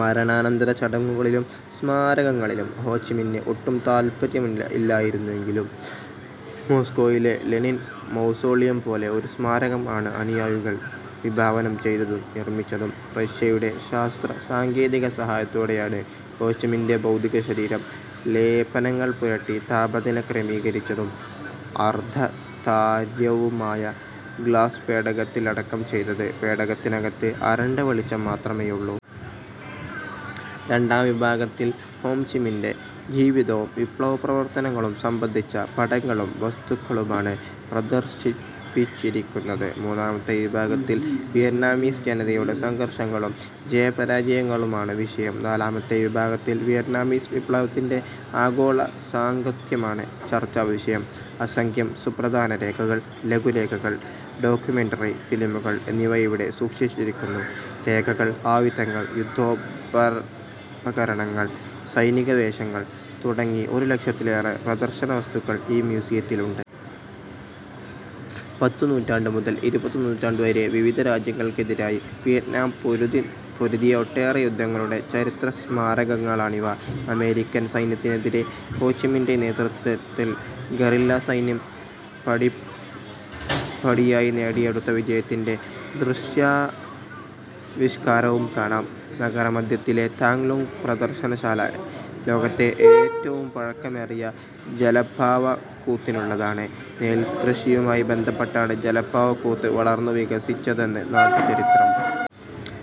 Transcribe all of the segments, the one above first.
മരണാനന്തര ചടങ്ങുകളിലും സ്മാരകങ്ങളിലും ഹോ ചിമിന്നിന് ഒട്ടും താത്പര്യമില്ലായിരുന്നെങ്കിലും മോസ്കോയിലെ ലെനിൻ മൗസോളിയം പോലെ ഒരു സ്മാരകം ആണ് അനുയായികൾ വിഭാവനം ചെയ്തതും നിർമിച്ചതും. റഷ്യയുടെ ശാസ്ത്രസാങ്കേതിക സഹായത്തോടെയാണ് ഹോചിമിന്നിന്റെ ഭൗതികശരീരം ലേപനങ്ങൾ പുരട്ടി താപനില ക്രമീകരിച്ചതും അർധതാര്യവുമായ ഗ്ലാസ് പേടകത്തിൽ അടക്കം ചെയ്തത്. പേടകത്തിനകത്ത് അരണ്ട വെളിച്ചം മാത്രമേയുള്ളു. രണ്ടാം വിഭാഗത്തിൽ ഹോ ചിമിനിന്റെ ജിവിതവും വിപ്ലവപ്രവർത്തനങ്ങളും സംബന്ധിച്ച പടങ്ങളും വസ്തുക്കളുമാണ് പ്രദർശിപ്പിച്ചിരിക്കുന്നത്. മൂന്നാമത്തെ വിഭാഗത്തിൽ വിയറ്റ്നാമിസ് ജനതയുടെ സംഘർഷങ്ങളും ജയപരാജയങ്ങളുമാണ് വിഷയം. നാലാമത്തെ വിഭാഗത്തിൽ വിയറ്റ്നാമീസ് വിപ്ലവത്തിന്റെ ആഗോളസാംഗത്യമാണ് ചർച്ചാവിഷയം. അസംഖ്യം സുപ്രധാന രേഖകൾ, ലഘുലേഖകൾ, ഡോക്യുമെന്ററി ഫിലിമുകൾ എന്നിവ ഇവിടെ സൂക്ഷിച്ചിരിക്കുന്നു. രേഖകൾ, ആയുധങ്ങൾ, യുദ്ധോപകരണങ്ങൾ, സൈനികവേഷങ്ങൾ തുടങ്ങി ഒരു ലക്ഷത്തിലേറെ പ്രദർശനവസ്തുക്കൾ ഈ മ്യൂസിയത്തിലുണ്ട്. പത്താം നൂറ്റാണ്ടു മുതൽ ഇരുപതാം നൂറ്റാണ്ടുവരെ വിവിധ രാജ്യങ്ങൾക്കെതിരായി വിയറ്റ്നാം പൊരുതിയ ഒട്ടേറെ യുദ്ധങ്ങളുടെ ചരിത്രസ്മാരകങ്ങളാണിവ. അമേരിക്കൻ സൈന്യത്തിനെതിരെ ഹോചിമിന്നിന്റെ നേതൃത്വത്തിൽ ഗറില്ലാസൈന്യം പടിപ്പടിയായി നേടിയെടുത്ത വിജയത്തിന്റെ ദൃശ്യ-ശ്രവ്യാവിഷ്കാരവും കാണാം. നഗരമധ്യത്തിലെ താങ് ലോങ് പ്രദർശനശാല ലോകത്തെ ഏറ്റവും പഴക്കമേറിയ ജലപ്പാവക്കൂത്തിനുള്ളതാണ്. നെൽകൃഷിയുമായി ബന്ധപ്പെട്ടാണ് ജലപ്പാവക്കൂത്ത് വളർന്നു വികസിച്ചതെന്ന് നാട്ടു ചരിത്രം.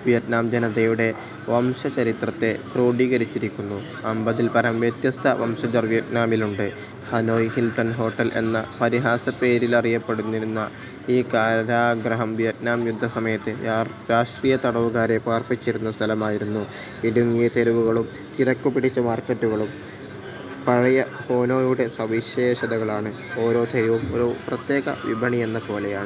വിയറ്റ്നാം ജനതയുടെ വംശചരിത്രത്തെ ക്രോഡീകരിച്ചിരിക്കുന്നു. അമ്പതിൽപരം വ്യത്യസ്ത വംശജർ വിയറ്റ്നാമിലുണ്ട്. ഹാനോയ് ഹിൽട്ടൺ ഹോട്ടൽ എന്ന പരിഹാസപ്പേരിലറിയപ്പെട്ടിരുന്ന ഈ കാരാഗ്രഹം വിയറ്റ്നാം യുദ്ധസമയത്ത് രാഷ്ട്രീയത്തടവുകാരെ പാർപ്പിച്ചിരുന്ന സ്ഥലമായിരുന്നു. ഇടുങ്ങിയ തെരുവുകളും തിരക്കുപിടിച്ച മാർക്കറ്റുകളും പഴയ ഹോനോയുടെ സവിശേഷതകളാണ്. ഓരോ തെരുവും ഒരു പ്രത്യേക വിപണിയെന്ന പോലാണ്.